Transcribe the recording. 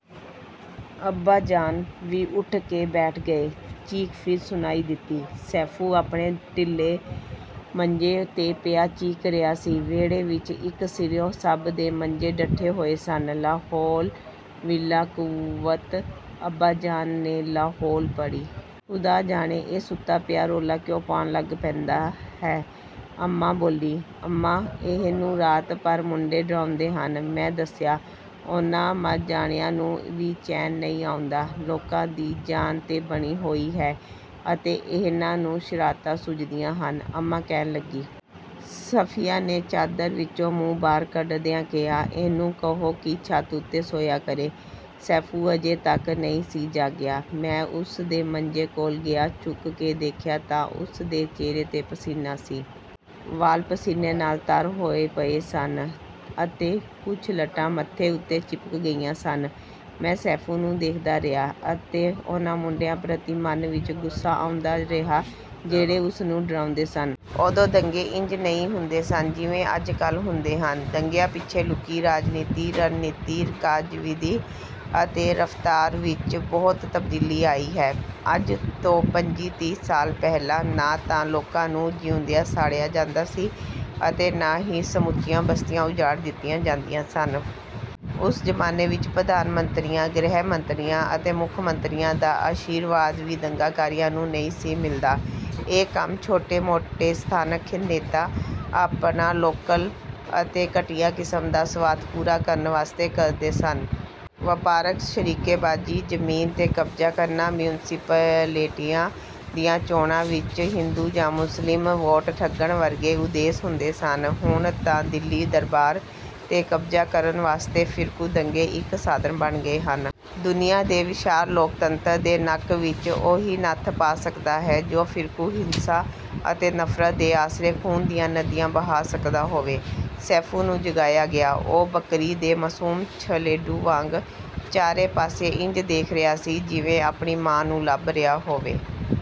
ਅੱਬਾਜਾਨ ਵੀ ਉੱਠ ਕੇ ਬੈਠ ਗਏ। ਚੀਕ ਫਿਰ ਸੁਣਾਈ ਦਿੱਤੀ। ਸੈਫ਼ੂ ਆਪਣੇ ਢਿੱਲੇ ਮੰਜੇ 'ਤੇ ਪਿਆ ਚੀਕ ਰਿਹਾ ਸੀ। ਵਿਹੜੇ ਵਿੱਚ ਇੱਕ ਸਿਰਿਓਂ ਸਭ ਦੇ ਮੰਜੇ ਡੱਠੇ ਹੋਏ ਸਨ। "ਲਾਹੌਲ ਵਿਲਾ ਕੂਵਤ..." ਅੱਬਾਜਾਨ ਨੇ ਲਾਹੌਲ ਪੜ੍ਹੀ। "ਖ਼ੁਦਾ ਜਾਣੇ ਇਹ ਸੁੱਤਾ ਪਿਆ ਰੌਲਾ ਕਿਉਂ ਪਾਉਣ ਲੱਗ ਪੈਂਦਾ ਹੈ!" ਅੰਮਾ ਬੋਲੀ। "ਅੰਮਾ, ਇਹਨੂੰ ਰਾਤ ਭਰ ਮੁੰਡੇ ਡਰਾਉਂਦੇ ਹਨ..." ਮੈਂ ਦੱਸਿਆ। "ਉਹਨਾਂ ਮਰ ਜਾਣਿਆਂ ਨੂੰ ਵੀ ਚੈਨ ਨਹੀਂ ਆਉਂਦਾ! ਲੋਕਾਂ ਦੀ ਜਾਨ 'ਤੇ ਬਣੀ ਹੋਈ ਹੈ ਅਤੇ ਐਹਨਾਂ ਨੂੰ ਸ਼ਰਾਰਤਾਂ ਸੁਝਦੀਆਂ ਹਨ," ਅੰਮਾ ਕਹਿਣ ਲੱਗੀ। ਸਫ਼ੀਆ ਨੇ ਚਾਦਰ ਵਿੱਚੋਂ ਮੂੰਹ ਬਾਹਰ ਕੱਢਦਿਆਂ ਕਿਹਾ, "ਇਹਨੂੰ ਕਹੋ ਕਿ ਛੱਤ ਉੱਤੇ ਸੌਂਇਆ ਕਰੇ।" ਸੈਫ਼ੂ ਅਜੇ ਤੱਕ ਨਹੀਂ ਸੀ ਜਾਗਿਆ। ਮੈਂ ਉਸ ਦੇ ਮੰਜੇ ਕੋਲ ਗਿਆ, ਝੁਕ ਕੇ ਦੇਖਿਆ ਤਾਂ ਉਸ ਦੇ ਚਿਹਰੇ 'ਤੇ ਪਸੀਨਾ ਸੀ। ਵਾਲ਼ ਪਸੀਨੇ ਨਾਲ ਤਰ ਹੋਏ ਪਏ ਸਨ ਅਤੇ ਕੁਝ ਲਟਾਂ ਮੱਥੇ ਉੱਤੇ ਚਿਪਕ ਗਈਆਂ ਸਨ। ਮੈਂ ਸੈਫ਼ੂ ਨੂੰ ਦੇਖਦਾ ਰਿਹਾ ਅਤੇ ਉਹਨਾਂ ਮੁੰਡਿਆਂ ਪ੍ਰਤੀ ਮਨ ਵਿੱਚ ਗੁੱਸਾ ਆਉਂਦਾ ਰਿਹਾ ਜਿਹੜੇ ਉਸ ਨੂੰ ਡਰਾਉਂਦੇ ਸਨ। ਉਦੋਂ ਦੰਗੇ ਇੰਜ ਨਹੀਂ ਹੁੰਦੇ ਸਨ ਜਿਵੇਂ ਅੱਜ-ਕੱਲ੍ਹ ਹੁੰਦੇ ਹਨ। ਦੰਗਿਆਂ ਪਿੱਛੇ ਲੁਕੀ ਰਾਜਨੀਤੀ, ਰਣਨੀਤੀ, ਕਾਰਜ-ਵਿਧੀ ਅਤੇ ਰਫ਼ਤਾਰ ਵਿੱਚ ਬਹੁਤ ਤਬਦੀਲੀ ਆਈ ਹੈ। ਅੱਜ ਤੋਂ ਪੰਝੀ-ਤੀਹ ਸਾਲ ਪਹਿਲਾਂ ਨਾ ਤਾਂ ਲੋਕਾਂ ਨੂੰ ਜਿਊਂਦਿਆਂ ਸਾੜਿਆ ਜਾਂਦਾ ਸੀ, ਅਤੇ ਨਾ ਹੀ ਸਮੁੱਚੀਆਂ ਬਸਤੀਆਂ ਉਜਾੜ ਦਿੱਤੀਆਂ ਜਾਂਦੀਆਂ ਸਨ। ਉਸ ਜ਼ਮਾਨੇ ਵਿੱਚ ਪ੍ਰਧਾਨ ਮੰਤਰੀਆਂ, ਗ੍ਰਹਿ ਮੰਤਰੀਆਂ ਅਤੇ ਮੁੱਖ ਮੰਤਰੀਆਂ ਦਾ ਆਸ਼ੀਰਵਾਦ ਵੀ ਦੰਗਾਕਾਰੀਆਂ ਨੂੰ ਨਹੀਂ ਸੀ ਮਿਲਦਾ। ਇਹ ਕੰਮ ਛੋਟੇ-ਮੋਟੇ ਸਥਾਨਕ ਨੇਤਾ ਆਪਣਾ ਲੋਕਲ ਅਤੇ ਘਟੀਆ ਕਿਸਮ ਦਾ ਸਵਾਰਥ ਪੂਰਾ ਕਰਨ ਵਾਸਤੇ ਕਰਦੇ ਸਨ। ਵਪਾਰਕ ਸ਼ਰੀਕੇਬਾਜ਼ੀ, ਜ਼ਮੀਨ 'ਤੇ ਕਬਜ਼ਾ ਕਰਨਾ, ਮਿਉਂਸਪੈਲਟੀਆਂ ਦੀਆਂ ਚੋਣਾਂ ਵਿੱਚ ਹਿੰਦੂ ਜਾਂ ਮੁਸਲਿਮ ਵੋਟ ਠੱਗਣ ਵਰਗੇ ਉਦੇਸ਼ ਹੁੰਦੇ ਸਨ। ਹੁਣ ਤਾਂ ਦਿੱਲੀ ਦਰਬਾਰ 'ਤੇ ਕਬਜ਼ਾ ਕਰਨ ਵਾਸਤੇ ਫ਼ਿਰਕੂ ਦੰਗੇ ਇੱਕ ਸਾਧਨ ਬਣ ਗਏ ਹਨ। ਦੁਨੀਆ ਦੇ ਵਿਸ਼ਾਲ ਲੋਕਤੰਤਰ ਦੇ ਨੱਕ ਵਿੱਚ ਉਹੀ ਨੱਥ ਪਾ ਸਕਦਾ ਹੈ ਜੋ ਫ਼ਿਰਕੂ ਹਿੰਸਾ ਅਤੇ ਨਫ਼ਰਤ ਦੇ ਆਸਰੇ ਖ਼ੂਨ ਦੀਆਂ ਨਦੀਆਂ ਬਹਾ ਸਕਦਾ ਹੋਵੇ। ਸੈਫ਼ੂ ਨੂੰ ਜਗਾਇਆ ਗਿਆ। ਉਹ ਬੱਕਰੀ ਦੇ ਮਾਸੂਮ ਛਲੇਡੂ ਵਾਂਗ ਚਾਰੇ ਪਾਸੇ ਇੰਜ ਦੇਖ ਰਿਹਾ ਸੀ ਜਿਵੇਂ ਆਪਣੀ ਮਾਂ ਨੂੰ ਲੱਭ ਰਿਹਾ ਹੋਵੇ।